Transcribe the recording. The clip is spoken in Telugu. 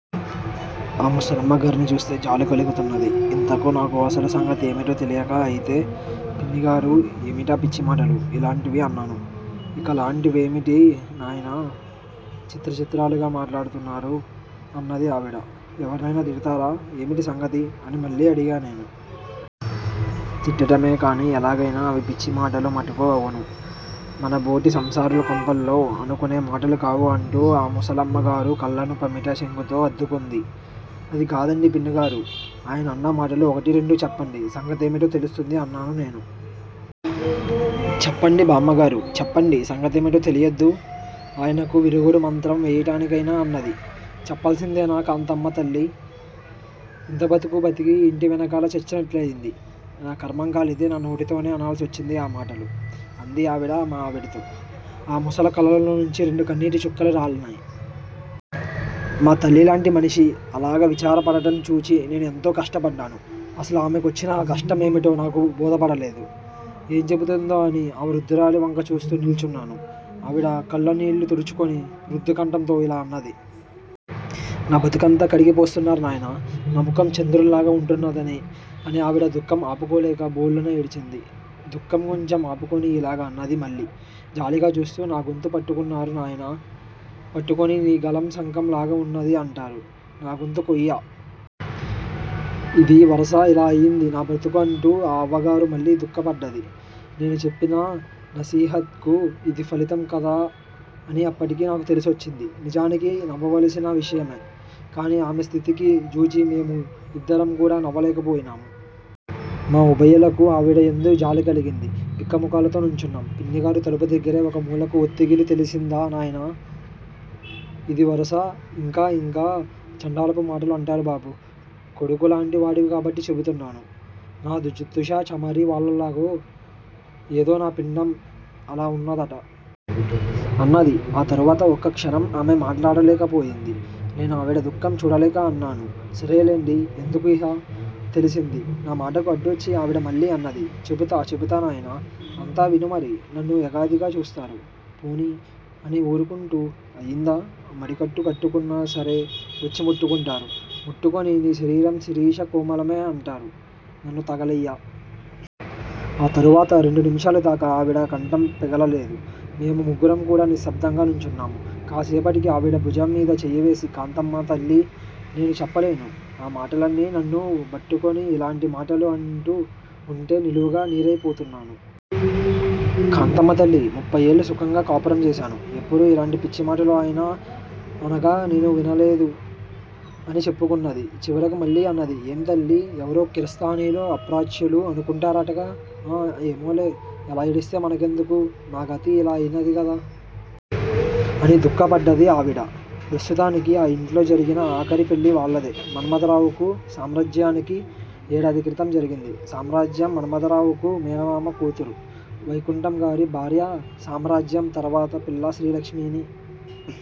ఆ ముసలమ్మ గారిని చూస్తే జాలీ కలుగుతున్నది. ఇంతకూ నాకు అసలు సంగతి ఏమిటో తెలియక అయితే పిన్నిగారూ, ఏమిటా పిచ్చి మాటలు, ఇలాంటివి? అన్నాను. ఒక లాంటి వేమిటి నాయనా, చిత్ర చిత్రాలుగా మాట్లాడుతున్నారు, అన్నది ఆవిడ. ఎవరినైనా తిడతారా, ఏమిటీ సంగతి? అని మళ్ళీ అడిగా నేను. తిట్టటమే కానీ, ఎలాగైన అవి పిచ్చి మాటలు మటుకు అవును. మన బోటి సంసారుల కొంపల్లో అనుకునే మాటలు కావు అంటూ ఆ ముసలమ్మ గారు కళ్ళను పమిట చెంగుతో అద్దుకొంది. అది గాదండీ పిన్నిగారూ, ఆయన అన్న మాటలు ఒకటి రెండు చెప్పండి. సంగతేమిటో తెలుస్తుంది అన్నాను నేను. చెప్పండి బామ్మగారూ, చెప్పండి, సంగతేమిటో తెలియొద్దూ! ఆయనకు, విరుగుడు మంత్రం వేయటానికైనా అన్నది. చెప్పాలిసిందేనా కాంతమ్మ తల్లీ! ఇంత బతుకూ బతికి ఇంటి వెనకాల చచ్చినట్లైంది. నాకర్మం కాలితే నా నోటితోనే అనాలిసొచ్చింది ఆ మాటలు! అంది ఆవిడ మా ఆవిడతో, ఆ ముసలి కళ్ళలోనుంచి రెండు కన్నీటి చుక్కలు రాలినై. మా తల్లిలాంటి మనిషి అలాగ విచార పడడం చూచి నేనూ ఎంతో కష్టపడ్డాను. అసలు ఆమె కొచ్చిన కష్టం ఏమిటో నాకు బోధపడలేదు. ఏం జెపుతుందో అని ఆ వృద్దురాలి వంక చూస్తూ నిలుచున్నాను. ఆవిడా కళ్ళ నీళ్ళు తుడుచుకొని రుద్ధ కంఠంతో ఇలా అన్నది. నా బతుకంతా కడిగి పోస్తున్నారు నాయనా నా ముఖం చంద్రుడి లాగ ఉంటున్నదని, అని ఆవిడ దుఃఖం ఆపుకోలేక భొళ్ళున ఏడ్చింది. దుఃఖం కొంచెం ఆపుకొని ఇలాగ అన్నది మళ్ళీ, జాలిగా చూస్తూ, నాగొంతు పట్టుకున్నారు నాయినా పట్టుకునీ నీ గళం శంఖం లాగ ఉన్నదీ అంటారు, నా గొంతు కొయ్య! ఇదీ వరస ఇలా అయింది నా బ్రతుకు అంటూ ఆ అవ్వగారు మళ్ళీ దుఃఖ పడ్డది. నేను చెప్పిన నసీహత్ కు యిది ఫలితం కదా అని అప్పటికి నాకు తెలిసొచ్చింది. నిజానికి నవ్వవలసిన విషయమే. కాని ఆమె స్థితికి జూచి మేము యిద్దరం కూడా నవ్వలేక పోయినాము. మా ఉభయులకూ ఆవిడ యందు జాలి కలిగింది. బిక్క ముఖాలతో నుంచున్నాం. పిన్నిగారు తలుపు దగ్గరే ఒక మూలకు ఒత్తిగిలి తెలిసిందా నాయినా, ఇదీ వరస, ఇంకా, ఇంకా చండాలపు మాటలు అంటారు బాబూ! కొడుకు లాంటి వాడవు కాబట్టి చెపుతున్నాను. నా జుత్తుషా చమరీ వాలాల్లాగో, ఏదో నా పిండం, అలా ఉన్న దట! అన్నది. ఆ తరువాత ఒక క్షణం ఆమె మాట్లాడలేక పోయింది. నేను ఆవిడ దుఃఖం చూడలేక అన్నానూ, సరేలెండి ఎందుకూ ఇహ తెలిసింది. నా మాటకు అడ్డొచ్చి ఆవిడ మళ్ళీ అన్నదీ. చెపుతా, చెపుతా నాయినా, అంతా విను మరీ, నన్ను ఎగాదిగా చూస్తారు. పోనీ అని ఊరుకుంటా, అయిందా, మడికట్టు కట్టుకున్నా సరే వచ్చి ముట్టుకుంటారు, ముట్టుకుని నీ శరీరం శిరీష కోమలమే అంటారు, నన్ను తగలెయ్య! ఆ తరువాత రెండు నిమిషాల దాకా ఆవిడ కంఠం పెగలలేదు, మేము ముగ్గురం కూడా నిశ్శబ్దంగా నుంచున్నాము. కాసేపటికి ఆవిడ బుజం మీద చెయ్యి వేసి కాంతమ్మ తల్లీ నేను చెప్పలేను ఆ మాటలన్నీ నన్ను బట్టుకుని ఇల్లాంటి మాటలు అంటూ ఉంటే నిలువుగా నీరై పోతున్నాను. కాంతమ్మ తల్లీ, ముప్పై ఏళ్ళు సుఖంగా కాపరం చేశాను. ఎప్పుడూ ఇలాంటి పిచ్చి మాటలు ఆయన అనగా నేవినలేదు అని చెప్పుకొన్నది. చివరకు మళ్ళీ అన్నది, ఏం తల్లీ, ఎవరో కిరస్తానీలూ అప్రాచ్యులూ అనుకుంటారటగా అ! ఏమోలే ఎలా ఏడిస్తే మన కెందుకు? మా గతి ఇలా అయినది గదా? అని దుఃఖ పడ్డది ఆవిడ. ప్రస్తుతానికి ఆ ఇంట్లో జరిగిన ఆఖరి పెళ్ళి వాళ్ళదే మన్మథరావుకూ, సామ్రాజ్యానికి ఏడాది క్రితం జరిగింది. సామ్రాజ్యం మన్మథరావుకు మేనమామ కూతురు. వైకుంఠంగారి భార్య సామ్రాజ్యం తర్వాత పిల్ల శ్రీలక్ష్మిని